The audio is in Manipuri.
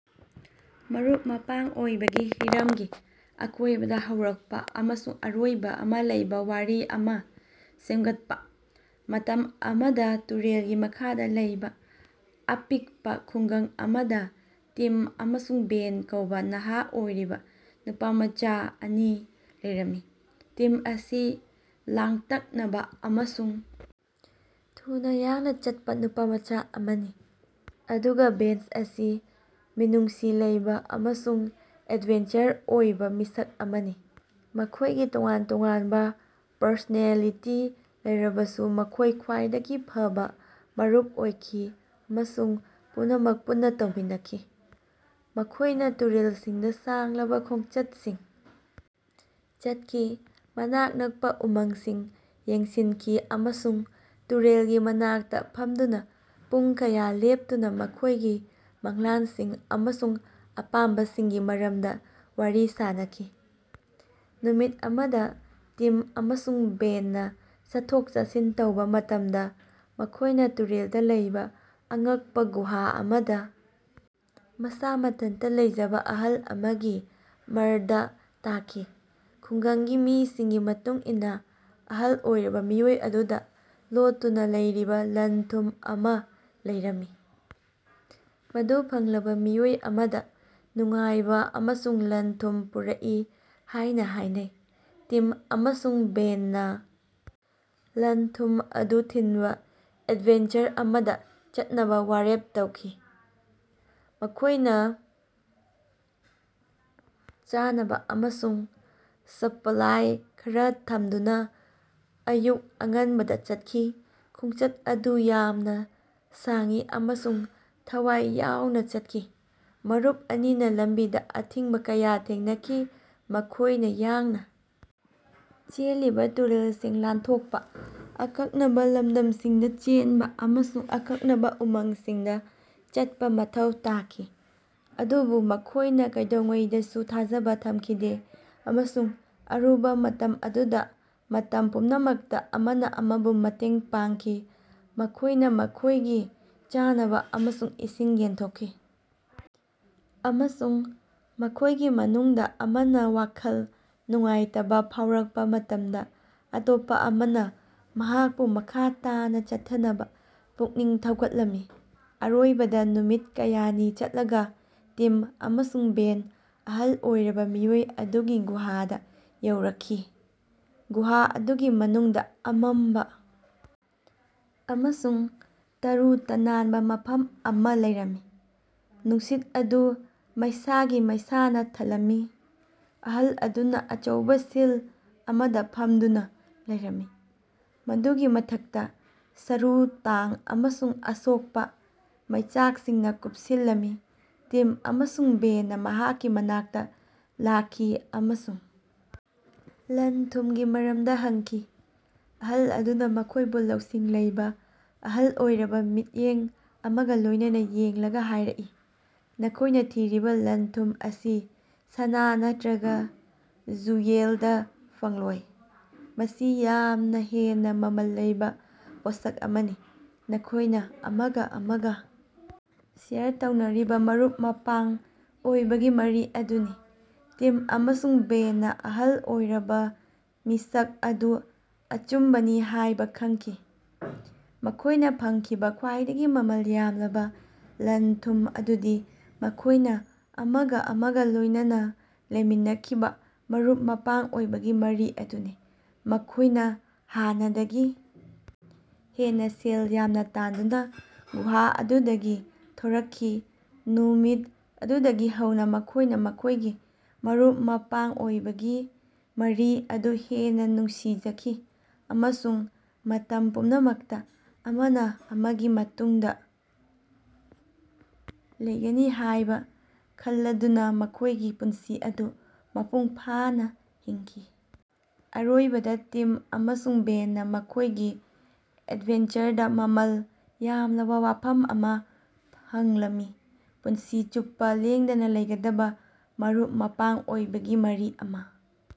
ꯃꯔꯨꯞ-ꯃꯄꯥꯡ ꯑꯣꯏꯕꯒꯤ ꯍꯤꯔꯝꯒꯤ ꯑꯀꯣꯏꯕꯗ ꯍꯧꯔꯛꯄ ꯑꯃꯁꯨꯡ ꯑꯔꯣꯏꯕ ꯑꯃ ꯂꯩꯕ ꯋꯥꯔꯤ ꯑꯃ ꯁꯦꯝꯒꯠꯄ꯫ ꯃꯇꯝ ꯑꯃꯗ ꯇꯨꯔꯦꯜꯒꯤ ꯃꯈꯥꯗ ꯂꯩꯕ ꯑꯄꯤꯛꯄ ꯈꯨꯡꯒꯪ ꯑꯃꯗ ꯇꯤꯝ ꯑꯃꯁꯨꯡ ꯕꯦꯟ ꯀꯧꯕ ꯅꯍꯥ ꯑꯣꯏꯔꯤꯕ ꯅꯨꯄꯥꯃꯆ ꯑꯅꯤ ꯂꯩꯔꯝꯃꯤ꯫ ꯇꯤꯝ ꯑꯁꯤ ꯂꯥꯡꯇꯛꯅꯕ ꯑꯃꯁꯨꯡ ꯊꯨꯅ ꯌꯥꯡꯅ ꯆꯠꯄ ꯅꯨꯄꯥꯃꯆꯥ ꯑꯃꯅꯤ, ꯑꯗꯨꯒ ꯕꯦꯟ ꯑꯁꯤ ꯃꯤꯅꯨꯡꯁꯤ ꯂꯩꯕ ꯑꯃꯁꯨꯡ ꯑꯦꯗꯚꯦꯟꯆꯔ ꯑꯣꯏꯕ ꯃꯤꯁꯛ ꯑꯃꯅꯤ꯫ ꯃꯈꯣꯌꯒꯤ ꯇꯣꯉꯥꯟ ꯇꯣꯉꯥꯟꯕ ꯄꯔꯁꯣꯅꯦꯂꯤꯇꯤ ꯂꯩꯔꯕꯁꯨ ꯃꯈꯣꯌ ꯈ꯭ꯋꯥꯏꯗꯒꯤ ꯐꯕ ꯃꯔꯨꯞ ꯑꯣꯏꯈꯤ ꯑꯃꯁꯨꯡ ꯄꯨꯝꯅꯃꯛ ꯄꯨꯟꯅ ꯇꯧꯃꯤꯟꯅꯈꯤ꯫ ꯃꯈꯣꯌꯅ ꯇꯨꯔꯦꯜꯁꯤꯡꯗ ꯁꯥꯡꯂꯕ ꯈꯣꯡꯆꯠꯁꯤꯡ ꯆꯠꯈꯤ, ꯃꯅꯥꯛ ꯅꯛꯄ ꯎꯃꯪꯁꯤꯡ ꯌꯦꯡꯁꯤꯟꯈꯤ ꯑꯃꯁꯨꯡ ꯇꯨꯔꯦꯜꯒꯤ ꯃꯅꯥꯛꯇ ꯐꯝꯗꯨꯅ ꯄꯨꯡ ꯀꯌꯥ ꯂꯦꯞꯇꯨꯅ ꯃꯈꯣꯏꯒꯤ ꯃꯪꯂꯥꯟꯁꯤꯡ ꯑꯃꯁꯨꯡ ꯑꯄꯥꯝꯕꯁꯤꯡꯒꯤ ꯃꯔꯝꯗ ꯋꯥꯔꯤ ꯁꯥꯅꯈꯤ꯫ ꯅꯨꯃꯤꯠ ꯑꯃꯗ ꯇꯤꯝ ꯑꯃꯁꯨꯡ ꯕꯦꯟꯅ ꯆꯠꯊꯣꯛ-ꯆꯠꯁꯤꯟ ꯇꯧꯕ ꯃꯇꯝꯗ ꯃꯈꯣꯌꯅ ꯇꯨꯔꯦꯜꯗ ꯂꯩꯕ ꯑꯉꯛꯄ ꯒꯨꯍꯥ ꯑꯃꯗ ꯃꯁꯥ ꯃꯊꯟꯇ ꯂꯩꯖꯕ ꯑꯍꯜ ꯑꯃꯒꯤ ꯃꯔꯗ ꯇꯥꯈꯤ꯫ ꯈꯨꯡꯒꯪꯒꯤ ꯃꯤꯁꯤꯡꯒꯤ ꯃꯇꯨꯡ ꯏꯟꯅ ꯑꯍꯜ ꯑꯣꯏꯔꯕ ꯃꯤꯑꯣꯏ ꯑꯗꯨꯗ ꯂꯣꯠꯇꯨꯅ ꯂꯩꯔꯤꯕ ꯂꯟ-ꯊꯨꯝ ꯑꯃ ꯂꯩꯔꯝꯃꯤ, ꯃꯗꯨ ꯐꯪꯂꯕ ꯃꯤꯑꯣꯏ ꯑꯃꯗ ꯅꯨꯡꯉꯥꯏꯕ ꯑꯃꯁꯨꯡ ꯂꯟ-ꯊꯨꯝ ꯄꯨꯔꯛꯏ ꯍꯥꯏꯅ ꯍꯥꯏꯅꯩ꯫ ꯇꯤꯝ ꯑꯃꯁꯨꯡ ꯕꯦꯟꯅ ꯂꯟ-ꯊꯨꯝ ꯑꯗꯨ ꯊꯤꯟꯕ ꯑꯦꯗꯚꯦꯟꯆꯔ ꯑꯃꯗ ꯆꯠꯅꯕ ꯋꯥꯔꯦꯞ ꯇꯧꯈꯤ꯫ ꯃꯈꯣꯏꯅ ꯆꯥꯅꯕ ꯑꯃꯁꯨꯡ ꯁꯄꯂꯥꯏ ꯈꯔꯥ ꯊꯝꯗꯨꯅ ꯑꯌꯨꯛ ꯑꯉꯟꯕꯗ ꯆꯠꯈꯤ꯫ ꯈꯣꯡꯆꯠ ꯑꯗꯨ ꯌꯥꯝꯅ ꯁꯥꯡꯏ ꯑꯃꯁꯨꯡ ꯊꯋꯥꯏ ꯌꯥꯑꯣꯅ ꯆꯠꯈꯤ, ꯃꯔꯨꯞ ꯑꯅꯤꯅꯥ ꯂꯝꯕꯤꯗ ꯑꯊꯤꯡꯕ ꯀꯌꯥ ꯊꯦꯡꯅꯈꯤ꯫ ꯃꯈꯣꯏꯅ ꯌꯥꯡꯅ ꯆꯦꯜꯂꯤꯕ ꯇꯨꯔꯦꯜꯁꯤꯡ ꯂꯥꯟꯊꯣꯛꯄ, ꯑꯀꯛꯅꯕ ꯂꯝꯗꯝꯁꯤꯡꯗ ꯆꯦꯟꯕ ꯑꯃꯁꯨꯡ ꯑꯀꯛꯅꯕ ꯎꯃꯪꯁꯤꯡꯗ ꯆꯠꯄꯥ ꯃꯊꯧ ꯇꯥꯈꯤ꯫ ꯑꯗꯨꯕꯨ ꯃꯈꯣꯏꯅ ꯀꯩꯗꯧꯉꯩꯗꯁꯨ ꯊꯥꯖꯕ ꯊꯝꯈꯤꯗꯦ ꯑꯃꯁꯨꯡ ꯑꯔꯨꯕ ꯃꯇꯝ ꯑꯗꯨꯗ ꯃꯇꯝ ꯄꯨꯝꯅꯃꯛꯇ ꯑꯃꯅ ꯑꯃꯕꯨ ꯃꯇꯦꯡ ꯄꯥꯡꯈꯤ꯫ ꯃꯈꯣꯏꯅ ꯃꯈꯣꯏꯒꯤ ꯆꯥꯅꯕ ꯑꯃꯁꯨꯡ ꯏꯁꯤꯡ ꯌꯦꯟꯊꯣꯛꯈꯤ ꯑꯃꯁꯨꯡ ꯃꯈꯣꯏꯒꯤ ꯃꯅꯨꯡꯗ ꯑꯃꯅ ꯋꯥꯈꯜ ꯅꯨꯡꯉꯥꯏꯇꯕ ꯐꯥꯑꯣꯔꯛꯄ ꯃꯇꯝꯗ ꯑꯇꯣꯞꯄ ꯑꯃꯅ ꯃꯍꯥꯛꯄꯨ ꯃꯈꯥ ꯇꯥꯅ ꯆꯠꯊꯅꯕ ꯄꯨꯛꯅꯤꯡ ꯊꯧꯒꯠꯂꯝꯃꯤ꯫ ꯑꯔꯣꯏꯕꯗ ꯅꯨꯃꯤꯠ ꯀꯌꯥꯅꯤ ꯆꯠꯂꯒ ꯇꯤꯝ ꯑꯃꯁꯨꯡ ꯕꯦꯟ ꯑꯍꯜ ꯑꯣꯏꯔꯕ ꯃꯤꯑꯣꯏ ꯑꯗꯨꯒꯤ ꯒꯨꯍꯥꯗ ꯌꯧꯔꯛꯈꯤ꯫ ꯒꯨꯍꯥ ꯑꯗꯨꯒꯤ ꯃꯅꯨꯡꯗ ꯑꯃꯝꯕ ꯑꯃꯁꯨꯡ ꯇꯔꯨ ꯇꯅꯥꯟꯕ ꯃꯐꯝ ꯑꯃ ꯂꯩꯔꯝꯃꯤ, ꯅꯨꯡꯁꯤꯠ ꯑꯗꯨ ꯃꯩꯁꯥꯒꯤ ꯃꯩꯁꯥꯅ ꯊꯜꯂꯝꯃꯤ꯫ ꯑꯍꯜ ꯑꯗꯨꯅ ꯑꯆꯧꯕ ꯁꯤꯜ ꯑꯃꯗ ꯐꯝꯗꯨꯅ ꯂꯩꯔꯝꯃꯤ, ꯃꯗꯨꯒꯤ ꯃꯊꯛꯇ ꯁꯔꯨ ꯇꯥꯡ ꯑꯃꯁꯨꯡ ꯑꯁꯣꯛꯄ ꯃꯩꯆꯥꯛꯁꯤꯡꯅ ꯀꯨꯞꯁꯤꯜꯂꯝꯃꯤ꯫ ꯇꯤꯝ ꯑꯃꯁꯨꯡ ꯕꯦꯟꯅ ꯃꯍꯥꯛꯀꯤ ꯃꯅꯥꯛꯇ ꯂꯥꯛꯈꯤ ꯑꯃꯁꯨꯡ ꯂꯟ-ꯊꯨꯝꯒꯤ ꯃꯔꯝꯗ ꯍꯪꯈꯤ꯫ ꯑꯍꯜ ꯑꯗꯨꯅ ꯃꯈꯣꯌꯕꯨ ꯂꯧꯁꯤꯡ ꯂꯩꯕ, ꯑꯍꯜ ꯑꯣꯏꯔꯕ ꯃꯤꯠꯌꯦꯡ ꯑꯃꯒ ꯂꯣꯌꯅꯅ ꯌꯦꯡꯂꯒ ꯍꯥꯌꯔꯛꯏ, "ꯅꯈꯣꯌꯅ ꯊꯤꯔꯤꯕ ꯂꯟ-ꯊꯨꯝ ꯑꯁꯤ ꯁꯅꯥ ꯅꯠꯇ꯭ꯔꯒ ꯖꯨꯌꯦꯜꯗ ꯐꯪꯂꯣꯏ꯫ ꯃꯁꯤ ꯌꯥꯝꯅ ꯍꯦꯟꯅꯥ ꯃꯃꯜ ꯂꯩꯕ ꯄꯣꯠꯁꯛ ꯑꯃꯅꯤ꯫ ꯅꯈꯣꯌꯅ ꯑꯃꯒ ꯑꯃꯒ ꯁꯦꯌꯔ ꯇꯧꯅꯔꯤꯕ ꯃꯔꯨꯞ-ꯃꯄꯥꯡ ꯑꯣꯏꯕꯒꯤ ꯃꯔꯤ ꯑꯗꯨꯅꯤ꯫" ꯇꯤꯝ ꯑꯃꯁꯨꯡ ꯕꯦꯟꯅ ꯑꯍꯜ ꯑꯣꯏꯔꯕꯥꯃꯤꯁꯛ ꯑꯗꯨ ꯑꯆꯨꯝꯕꯅꯤ ꯍꯥꯏꯕ ꯈꯪꯈꯤ꯫ ꯃꯈꯣꯌꯅ ꯐꯪꯈꯤꯕ ꯈ꯭ꯋꯥꯏꯗꯒꯤ ꯃꯃꯜ ꯌꯥꯝꯂꯕ ꯂꯟ-ꯊꯨꯝ ꯑꯗꯨꯗꯤ ꯃꯈꯣꯏꯅ ꯑꯃꯒ ꯑꯃꯒ ꯂꯣꯏꯅꯅ ꯂꯩꯃꯤꯟꯅꯈꯤꯕ ꯃꯔꯨꯞ-ꯃꯄꯥꯡ ꯑꯣꯏꯕꯒꯤ ꯃꯔꯤ ꯑꯗꯨꯅꯤ꯫ ꯃꯈꯣꯏꯅ ꯍꯥꯟꯅꯗꯒꯤ ꯍꯦꯟꯅ ꯁꯦꯜ ꯌꯥꯝꯅꯥ ꯇꯥꯟꯗꯨꯅ ꯒꯨꯍꯥ ꯑꯗꯨꯗꯒꯤ ꯊꯣꯔꯛꯈꯤ꯫ ꯅꯨꯃꯤꯠ ꯑꯗꯨꯗꯒꯤ ꯍꯧꯅ ꯃꯈꯣꯏꯅ ꯃꯈꯣꯏꯒꯤ ꯃꯔꯨꯞ-ꯃꯄꯥꯡ ꯑꯣꯏꯕꯒꯤ ꯃꯔꯤ ꯑꯗꯨ ꯍꯦꯟꯅ ꯅꯨꯡꯁꯤꯖꯈꯤ ꯑꯃꯁꯨꯡ ꯃꯇꯝ ꯄꯨꯝꯅꯃꯛꯇ ꯑꯃꯅ ꯑꯃꯒꯤ ꯃꯇꯨꯡꯗ ꯂꯩꯒꯅꯤ ꯍꯥꯌꯕ ꯈꯇꯂꯗꯨꯅ ꯃꯈꯣꯌꯒꯤ ꯄꯨꯟꯁꯤ ꯑꯗꯨ ꯃꯄꯨꯡ ꯐꯥꯅ ꯍꯤꯡꯈꯤ꯫ ꯑꯔꯣꯏꯕꯗ ꯇꯤꯝ ꯑꯃꯁꯨꯡ ꯕꯦꯟꯅ ꯃꯈꯣꯏꯒꯤ ꯑꯦꯗꯚꯦꯟꯆꯔꯗ ꯃꯃꯜ ꯌꯥꯝꯂꯕ ꯋꯥꯐꯝ ꯑꯃ ꯐꯪꯂꯝꯃꯤ: ꯄꯨꯟꯁꯤ ꯆꯨꯞꯄ ꯂꯦꯡꯗꯅ ꯂꯩꯒꯗꯕ ꯃꯔꯨꯞ-ꯃꯄꯥꯡ ꯑꯣꯏꯕꯒꯤ ꯃꯔꯤ ꯑꯃ꯫